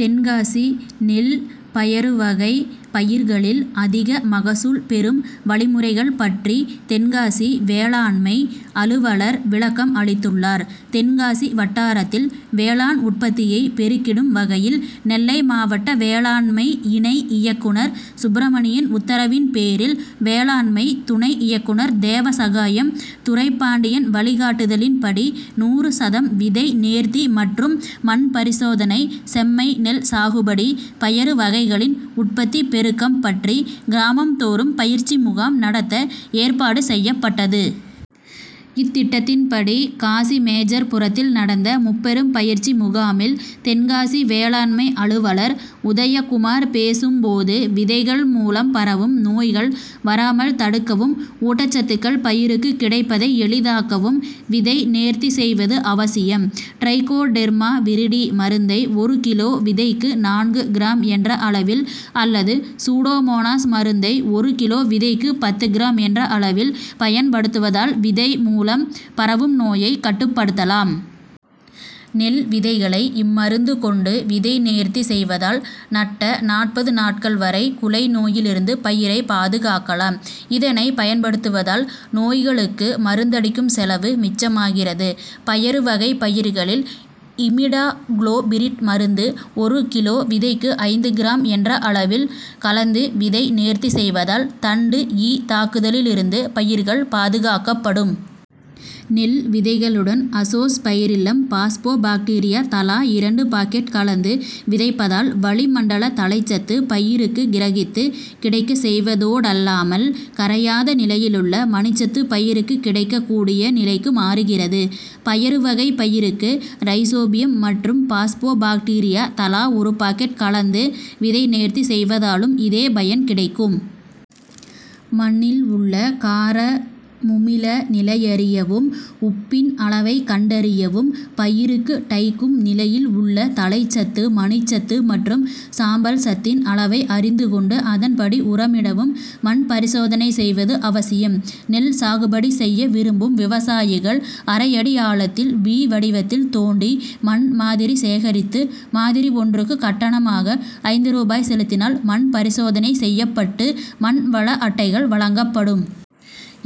தென்காசி நெல், பயறு வகை பயிர்களில் அதிக மகசூல் பெறும் வழிமுறைகள் பற்றி தென்காசி வேளாண்மை அலுவலர் விளக்கம் அளித்துள்ளார். தென்காசி வட்டாரத்தில் வேளாண் உற்பத்தியை பெருக்கிடும் வகையில் நெல்லை மாவட்ட வேளாண்மை இணை இயக்குநர் சுப்பிரமணியன் உத்தரவின் பேரில், வேளாண்மை துணை இயக்குநர் தேவசகாயம், துரைப்பாண்டியன் வழிகாட்டுதலின் படி நூறு சதம் விதை நேர்த்தி மற்றும் மண் பரிசோதனை, செம்மை நெல் சாகுபடி, பயறு வகைகளின் உற்பத்தி பெருக்கம் பற்றி கிராமம் தோறும் பயிற்சி முகாம் நடத்த ஏற்பாடு செய்யப்பட்டது. இத்திட்டத்தின் படி காசிமேஜர்புரத்தில் நடந்த முப்பெரும் பயிற்சி முகாமில் தென்காசி வேளாண்மை அலுவலர் உதய குமார் பேசும் போது, விதைகள் மூலம் பரவும் நோய்கள் வராமல் தடுக்கவும், ஊட்டச்சத்துகள் பயிருக்கு கிடைப்பதை எளிதாக்கவும் விதை நேர்த்தி செய்வது அவசியம். டிரைகோடெர்மா விரிடி மருந்தை ஒரு கிலோ விதைக்கு நான்கு கிராம் என்ற அளவில் அல்லது சூடோமோனாஸ் மருந்தை ஒரு கிலோ விதைக்கு பத்து கிராம் என்ற அளவில் பயன்படுத்துவதால் விதை மூலம் பரவும் நோயை கட்டுப்படுத்தலாம். நெல் விதைகளை இம்மருந்து கொண்டு விதை நேர்த்தி செய்வதால் நட்ட நாற்பது நாட்கள் வரை குலை நோயிலிருந்து பயிரை பாதுகாக்கலாம். இதனை பயன்படுத்துவதால் நோய்களுக்கு மருந்தடிக்கும் செலவு மிச்சமாகிறது. பயறு வகை பயிர்களில் இமிடாகுளோபிரிட் மருந்து ஒரு கிலோ விதைக்கு ஐந்து கிராம் என்ற அளவில் கலந்து விதை நேர்த்தி செய்வதால் தண்டு ஈ தாக்குதலிலிருந்து பயிர்கள் பாதுகாக்கப்படும். நெல் விதைகளுடன் அசோஸ் பைரில்லம், பாஸ்போ பாக்டீரியா தலா இரண்டு பாக்கெட் கலந்து விதைப்பதால் வளி மண்டல தழைச்சத்து பயிருக்கு கிரகித்து கிடைக்க செய்வதோடல்லாமல், கரையாத நிலையிலுள்ள மணிச்சத்து பயிருக்கு கிடைக்க கூடிய நிலைக்கு மாறுகிறது. பயறு வகை பயிருக்கு ரைசோபியம் மற்றும் பாஸ்போ பாக்டீரியா தலா ஒரு பாக்கெட் கலந்து விதை நேர்த்தி செய்வதாலும் இதே பயன் கிடைக்கும். மண்ணில் உள்ள கார முமில நிலையறியவும், உப்பின் அளவை கண்டறியவும் பயிருக்கு டைக்கும் நிலையில் உள்ள தழைச்சத்து, மணிச்சத்து மற்றும் சாம்பல் சத்தின் அளவை அறிந்து கொண்டு அதன் படி உரமிடவும் மண் பரிசோதனை செய்வது அவசியம். நெல் சாகுபடி செய்ய விரும்பும் விவசாயிகள் அரை அடி ஆழத்தில் வி வடிவத்தில் தோண்டி மண் மாதிரி சேகரித்து மாதிரி ஒன்றுக்கு கட்டணமாக ஐந்து ரூபாய் செலுத்தினால் மண் பரிசோதனை செய்யப்பட்டு மண் வள அட்டைகள் வழங்கப்படும்.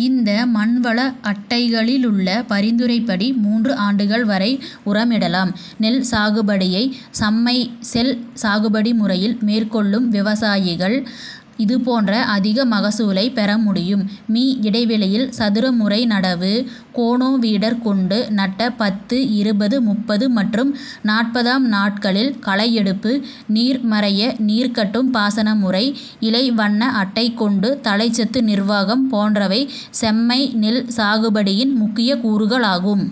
இந்த மண் வள அட்டைகளிலுள்ள பரிந்துரைப்படி மூன்று ஆண்டுகள் வரை உரமிடலாம். நெல் சாகுபடியை சம்மை செல் சாகுபடி முறையில் மேற்கொள்ளும் விவசாயிகள் இது போன்ற அதிக மகசூலை பெற முடியும். மீ. இடைவெளியில் சதுர முறை நடவு, கோனோவீடர் கொண்டு நட்ட பத்து, இருபது, முப்பது மற்றும் நாற்பதாம் நாட்களில் களையெடுப்பு, நீர் மறைய நீர் கட்டும் பாசன முறை, இலை வண்ண அட்டை கொண்டு தழைச்சத்து நிர்வாகம் போன்றவை செம்மை நெல் சாகுபடியின் முக்கிய கூறுகளாகும்.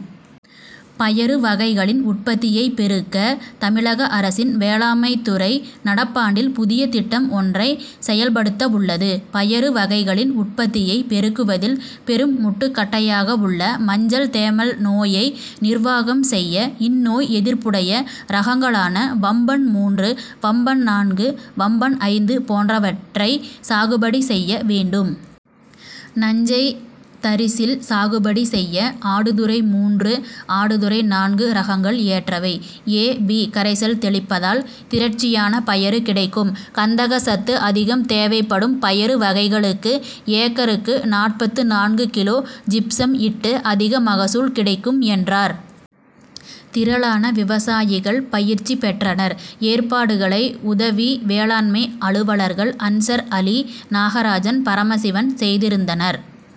பயறு வகைகளின் உற்பத்தியை பெருக்க தமிழக அரசின் வேளாமைத்துறை நடப்பாண்டில் புதிய திட்டம் ஒன்றை செயல்படுத்தவுள்ளது. பயறு வகைகளின் உற்பத்தியை பெருக்குவதில் பெரும் முட்டு கட்டையாக உள்ள மஞ்சள் தேமல் நோயை நிர்வாகம் செய்ய இந்நோய் எதிர்ப்புடைய ரகங்களான வம்பன் மூன்று, வம்பன் நான்கு, வம்பன் ஐந்து போன்றவற்றை சாகுபடி செய்ய வேண்டும். நஞ்சை தரிசில் சாகுபடி செய்ய ஆடுதுறை மூன்று, ஆடுதுறை நான்கு ரகங்கள் ஏற்றவை. ஏ. பி. கரைசல் தெளிப்பதால் திரட்சியான பயறு கிடைக்கும். கந்தக சத்து அதிகம் தேவைப்படும் பயறு வகைகளுக்கு ஏக்கருக்கு நாற்பத்து நான்கு கிலோ ஜிப்சம் இட்டு அதிக மகசூல் கிடைக்கும் என்றார். திரளான விவசாயிகள் பயிற்சி பெற்றனர். ஏற்பாடுகளை உதவி வேளாண்மை அலுவலர்கள் அன்சர் அலி, நாகராஜன், பரமசிவன் செய்திருந்தனர்.